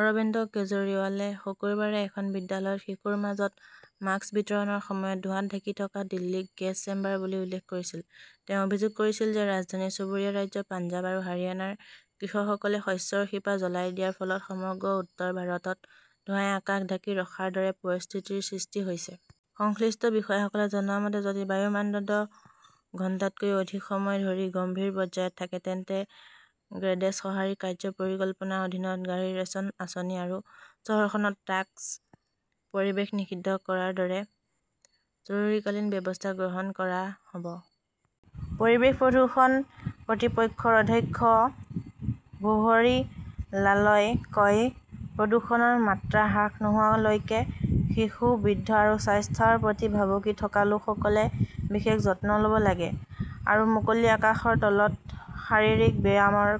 অৰবিন্দ কেজৰিৱালে শুকুৰবাৰে এখন বিদ্যালয়ত শিশুৰ মাজত মাস্ক বিতৰণৰ সময়ত ধোঁৱাত ঢাকি থকা দিল্লীক গেছ চেম্বাৰ বুলি উল্লেখ কৰিছিল। তেওঁ অভিযোগ কৰিছিল যে ৰাজধানীৰ চুবুৰীয়া ৰাজ্য পঞ্জাৱ আৰু হাৰিয়ানাৰ কৃষকসকলে শস্যৰ শিপা জ্বলাই দিয়াৰ ফলত সমগ্ৰ উত্তৰ ভাৰতত ধোঁৱাই আকাশ ঢাকি ৰখাৰ দৰে পৰিস্থিতিৰ সৃষ্টি হৈছে। সংশ্লিষ্ট বিষয়াসকলে জনোৱা মতে, যদি বায়ুৰ মানদণ্ড ঘণ্টাতকৈও অধিক সময় ধৰি গম্ভীৰ পৰ্যায়ত থাকে তেন্তে গ্ৰেডেড সঁহাৰি কাৰ্য্য পৰিকল্পনাৰ অধীনত গাড়ী ,ৰেচন আঁচনি আৰু চহৰখনত ট্ৰাক প্ৰৱেশ নিষিদ্ধ কৰাৰ দৰে জৰুৰীকালীন ব্যৱস্থা গ্ৰহণ কৰা হ 'ব। পৰিৱেশ প্ৰদূষণ কৰ্তৃপক্ষৰ অধ্যক্ষ ভুহৰী লালই কয় প্ৰদূষণৰ মাত্ৰা হ্ৰাস নোহোৱালৈকে শিশু, বৃদ্ধ আৰু স্বাস্থ্যৰ প্ৰতি ভাবুকি থকা লোকসকলে বিশেষ যত্ন ল'ব লাগে আৰু মুকলি আকাশৰ তলত শাৰীৰিক ব্যায়ামৰ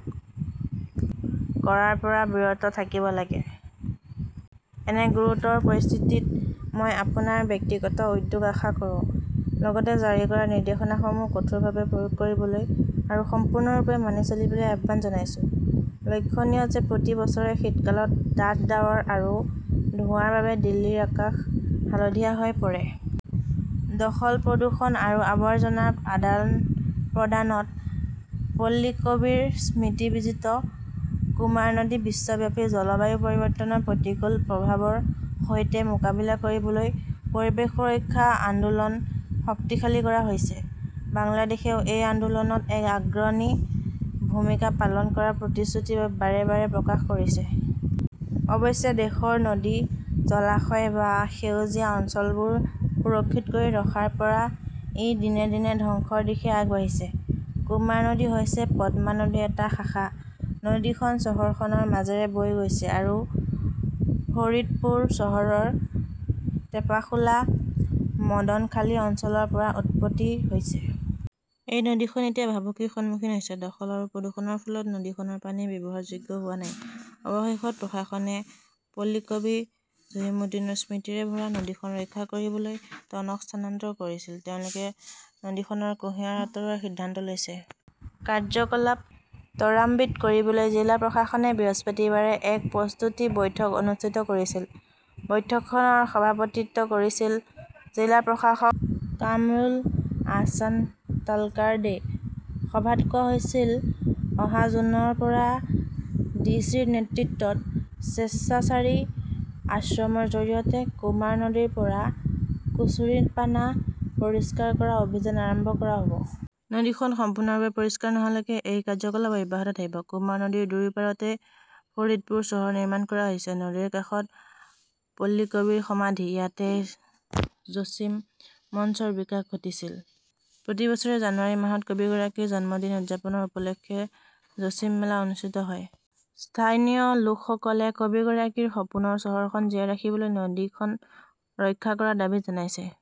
কৰাৰ পৰা বিৰত থাকিব লাগে। এনে গুৰুতৰ পৰিস্থিতিত মই আপোনাৰ ব্যক্তিগত উদ্যোগ আশা কৰোঁ। লগতে, জাৰি কৰা নিৰ্দেশনাসমূহ কঠোৰভাৱে প্ৰয়োগ কৰিবলৈ আৰু সম্পূৰ্ণৰূপে মানি চলিবলৈ আহ্বান জনাইছো। লক্ষণীয় যে প্ৰতি বছৰে শীতকালত ডাঠ ডাৱৰ আৰু ধোঁৱাৰ বাবে দিল্লীৰ আকাশ হালধীয়া হৈ পৰে। দখল প্ৰদূষণ আৰু আৱৰ্জনাৰ আদান-প্ৰদানত পল্লিকবীৰ স্মৃতি-বিজিত কুমাৰ নদী বিশ্বব্যাপী জলবায়ু পৰিৱৰ্তনৰ প্ৰতিকূল প্ৰভাৱৰ সৈতে মোকাবিলা কৰিবলৈ পৰিৱেশ সুৰক্ষা আন্দোলন শক্তিশালী কৰা হৈছে। বাংলাদেশেও এই আন্দোলনত এক অগ্ৰণী ভূমিকা পালন কৰাৰ প্ৰতিশ্ৰুতি বাৰে -বাৰে প্ৰকাশ কৰিছে। অৱশ্যে দেশৰ নদী, জলাশয় বা সেউজীয়া অঞ্চলবোৰ সুৰক্ষিত কৰি ৰখাৰ পৰা ই দিনে- দিনে ধ্বংসৰ দিশে আগবাঢ়িছে। কুমাৰ নদী হৈছে পদ্মা নদীৰ এটা শাখা। নদীখন চহৰখনৰ মাজেৰে বৈ গৈছে আৰু ফৰিদপুৰ চহৰৰ টেপাখোলা মদনখালী অঞ্চলৰ পৰা উৎপত্তি হৈছে। এই নদীখন এতিয়া ভাবুকিৰ সন্মুখীন হৈছে। দখল আৰু প্ৰদূষণৰ ফলত নদীখনৰ পানী ব্যৱহাৰযোগ্য হোৱা নাই। অৱশেষত প্ৰশাসনে পল্লিকবী জছিমুদ্দিনৰ স্মৃতিৰে ভৰা নদীখন ৰক্ষা কৰিবলৈ টনক স্থানান্তৰ কৰিছিল। তেওঁলোকে নদীখনৰ কুঁহিয়াৰ আঁতৰোৱাৰ সিদ্ধান্ত লৈছে। কাৰ্যকলাপ ত্বৰান্বিত কৰিবলৈ জিলা প্ৰশাসনে বৃহস্পতিবাৰে এক প্ৰস্তুতি বৈঠক অনুষ্ঠিত কৰিছিল। বৈঠকখনৰ সভাপতিত্ব কৰিছিল জিলা প্ৰশাসক কামৰুল আহছান তালকাৰ্ডে। সভাত কোৱা হৈছিল অহা জুনৰ পৰা ডি চি ৰ নেতৃত্বত স্বেচ্ছাচাৰী আশ্ৰমৰ জৰিয়তে কুমাৰ নদীৰ পৰা কুচুৰিপানা পৰিষ্কাৰ কৰা অভিযান আৰম্ভ কৰা হ' ব। নদীখন সম্পূৰ্ণৰূপে পৰিষ্কাৰ নোহোৱালৈকে এই কাৰ্যকলাপ অব্যাহত থাকিব। কুমাৰ নদীৰ দুয়ো পাৰতে ফৰিদপুৰ চহৰ নিৰ্মাণ কৰা হৈছে। নদীৰ কাষত পল্লিকবীৰ সমাধি। ইয়াতেই জছিম মঞ্চৰ বিকাশ ঘটিছিল। প্ৰতি বছৰে জানুৱাৰী মাহত কবিগৰাকীৰ জন্মদিন উদযাপনৰ উপলক্ষে জছিম মেলা অনুষ্ঠিত হয়। স্থানীয় লোকসকলে কবিগৰাকীৰ সপোনৰ চহৰখন জীয়াই ৰাখিবলৈ নদীখন ৰক্ষা কৰাৰ দাবী জনাইছে।